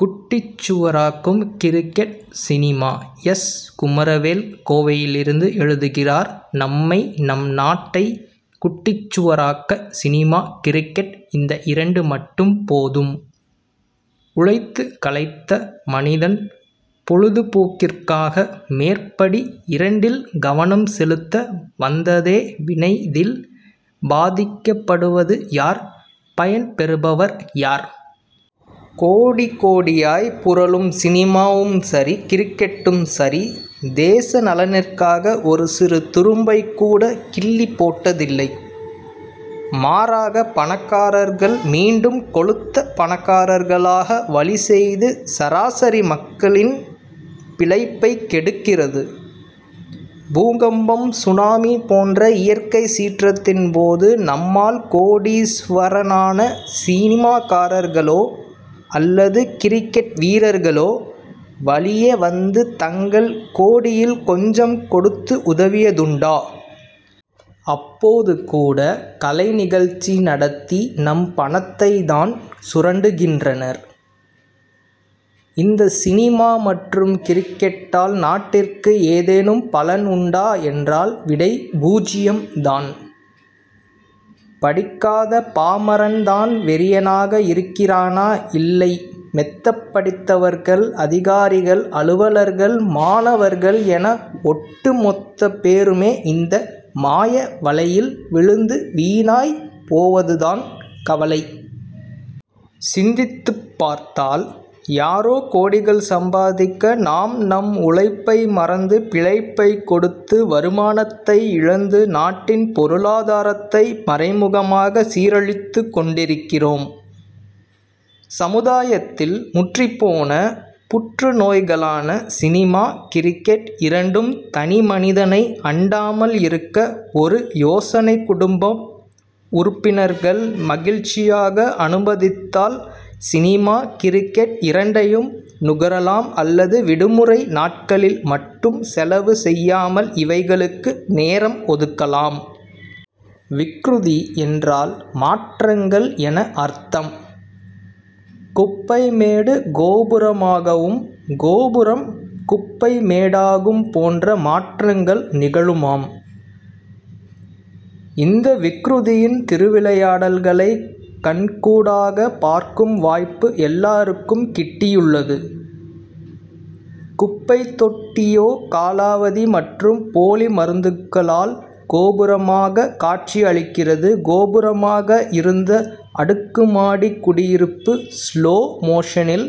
குட்டிச்சுவராக்கும் cricket cinema S. Kumaravel கோவையிலிருந்து எழுதுகிறார் நம்மை நம் நாட்டை குட்டிச் சுவராக்க சினிமா கிரிக்கெட் இந்த இரண்டு மட்டும் போதும். உழைத்துக் களைத்த மனிதன் பொழுதுபோக்கிற்காக மேற்படி இரண்டில் கவனம் செலுத்த வந்ததே வினைஇதில் பாதிக்கப்படுவது யார் பயன் பெறுபவர் யார்? கோடி கோடியாய் புரளும் சினிமாவும் சரி கிரிக்கெட்டும் சரி தேச நலனிற்காக ஒரு சிறு துரும்பைக் கூட கிள்ளிப் போட்டதில்லை. மாறாக பணக்காரர்கள் மீண்டும் கொழுத்த பணக்காரர்களாக வழி செய்து சராசரி மக்களின் பிழைப்பை கெடுக்கிறது. பூகம்பம் சுனாமி போன்ற இயற்கை சீற்றத்தின் போது நம்மால் கோடீஸ்வரனான சினிமாக்காரர்களோ அல்லது கிரிக்கெட் வீரர்களோ வலிய வந்து தங்கள் கோடியில் கொஞ்சம் கொடுத்து உதவியதுண்டா? அப்போது கூட கலை நிகழ்ச்சி நடத்தி நம் பணத்தைத் தான் சுரண்டுகின்றனர். இந்த சினிமா மற்றும் கிரிக்கெட்டால் நாட்டிற்கு ஏதேனும் பலன் உண்டா என்றால் விடை பூஜ்யம் தான். படிக்காத பாமரன் தான் வெறியனாக இருக்கிறானா இல்லைமெத்தப் படித்தவர்கள் அதிகாரிகள் அலுவலர்கள் மாணவர்கள் என ஒட்டு மொத்த பேருமே இந்த மாய வலையில் விழுந்து வீணாய் போவது தான் கவலை. சிந்தித்துப் பார்த்தால் யாரோ கோடிகள் சம்பாதிக்க நாம் நம் உழைப்பை மறந்து பிழைப்பை கெடுத்து வருமானத்தை இழந்து நாட்டின் பொருளாதாரத்தை மறைமுகமாக சீரழித்துக் கொண்டிருக்கிறோம். சமுதாயத்தில் முற்றிப் போன புற்று நோய்களான சினிமா கிரிக்கெட் இரண்டும் தனி மனிதனை அண்டாமல் இருக்க ஒரு யோசனைகுடும்பம் உறுப்பினர்கள் மகிழ்ச்சியாக அனுமதித்தால் சினிமா கிரிக்கெட் இரண்டையும் நுகரலாம் அல்லது விடுமுறை நாட்களில் மட்டும் செலவு செய்யாமல் இவைகளுக்கு நேரம் ஒதுக்கலாம். விக்ருதி என்றால் மாற்றங்கள் என அர்த்தம். குப்பைமேடு கோபுரமாகவும் கோபுரம் குப்பை மேடாகும் போன்ற மாற்றங்கள் நிகழுமாம். இந்த விக்ருதியின் திருவிளையாடல்களை கண்கூடாக பார்க்கும் வாய்ப்பு எல்லாருக்கும் கிட்டியுள்ளது. குப்பைத் தொட்டியோ காலாவதி மற்றும் போலி மருந்துகளால் கோபுரமாக காட்சி அளிக்கிறது கோபுரமாக இருந்த அடுக்கு மாடி குடியிருப்பு ஸ்லோ மோஷனில்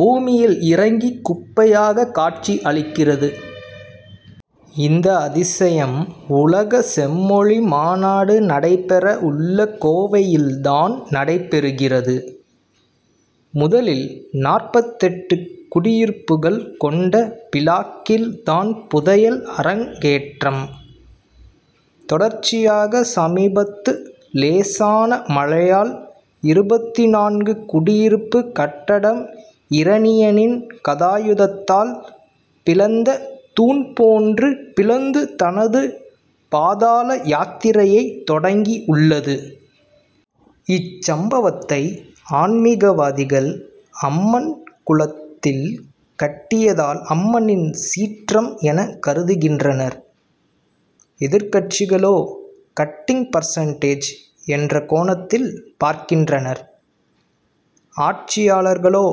பூமியில் இறங்கி குப்பையாக காட்சி அளிக்கிறது. இந்த அதிசயம் உலக செம்மொழி மாநாடு நடைபெற உள்ள கோவையில் தான் நடைபெறுகிறது. முதலில் நாற்பத்தெட்டு குடியிருப்புகள் கொண்ட பிளாக்கில் தான் புதையல் அரங் கேற்றம். தொடர்ச்சியாக சமீபத்து லேசான மழையால் இருபத்துநான்கு குடியிருப்பு கட்டடம் இரணியனின் கதாயுதத்தால் பிளந்த தூண் போன்று பிளந்து தனது பாதாள யாத்திரையை தொடங்கி உள்ளது. இச்சம்பவத்தை ஆன்மிகவாதிகள் அம்மன் குளத் தில் கட்டியதால் அம்மனின் சீற்றம் என கருதுகின்றனர். எதிர்க்கட்சிகளோ கட்டிங் பர்சன்டேஜ் என்ற கோணத்தில் பார்க்கின்றனர். ஆட்சியாளர்களோ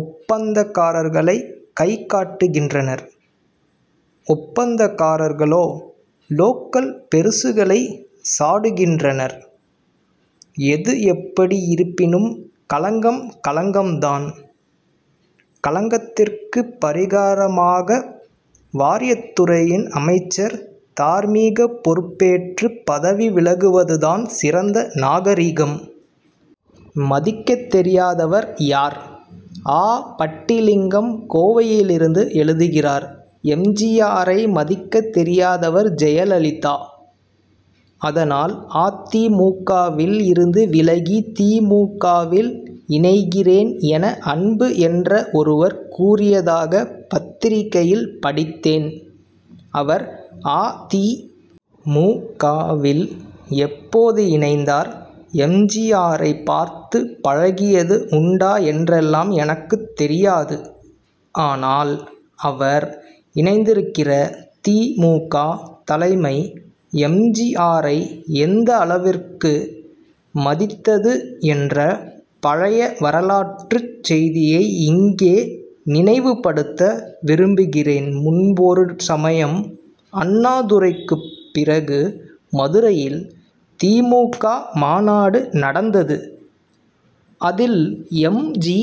ஒப்பந்தக்காரர்களை கை காட்டுகின்றனர். ஒப்பந்தக்காரர்களோ லோக்கல் பெரிசுகளை சாடுகின்றனர். எது எப்படி இருப்பினும் களங்கம் களங்கம் தான். களங்கத்திற்கு பரிகாரமாக வாரியத்துறையின் அமைச்சர் தார்மீக பொறுப் பேற்று பதவி விலகுவது தான் சிறந்த நாகரிகம். மதிக்கத்தெரியாதவர் யார்? ஆ. பட்டிலிங்கம் கோவையிலிருந்து எழுதுகிறார் எம். ஜி. ஆரை மதிக்கத் தெரியாதவர் ஜெயலலிதா. அதனால் அ. தி. மு. க.வில் இருந்து விலகி தி. மு. க.வில் இணைகிறேன் என அன்பு என்ற ஒருவர் கூறியதாக பத்திரிகையில் படித்தேன். அவர் அ. தி. மு. க.வில் எப்போது இணைந்தார் எம். ஜி. ஆரை பார்த்து பழகியது உண்டா என்றெல்லாம் எனக்குத் தெரியாது. ஆனால் அவர் இணைந்திருக்கிற தி. மு. க. தலைமை எம். ஜி. ஆரை எந்த அளவிற்கு மதித்தது என்ற பழைய வரலாற்றுச் செய்தியை இங்கே நினைவுப்படுத்த விரும்புகிறேன்முன்பொரு சமயம் அண்ணாதுரைக்கு பிறகு மதுரையில் தி. மு. க. மாநாடு நடந்தது. அதில் எம். ஜி.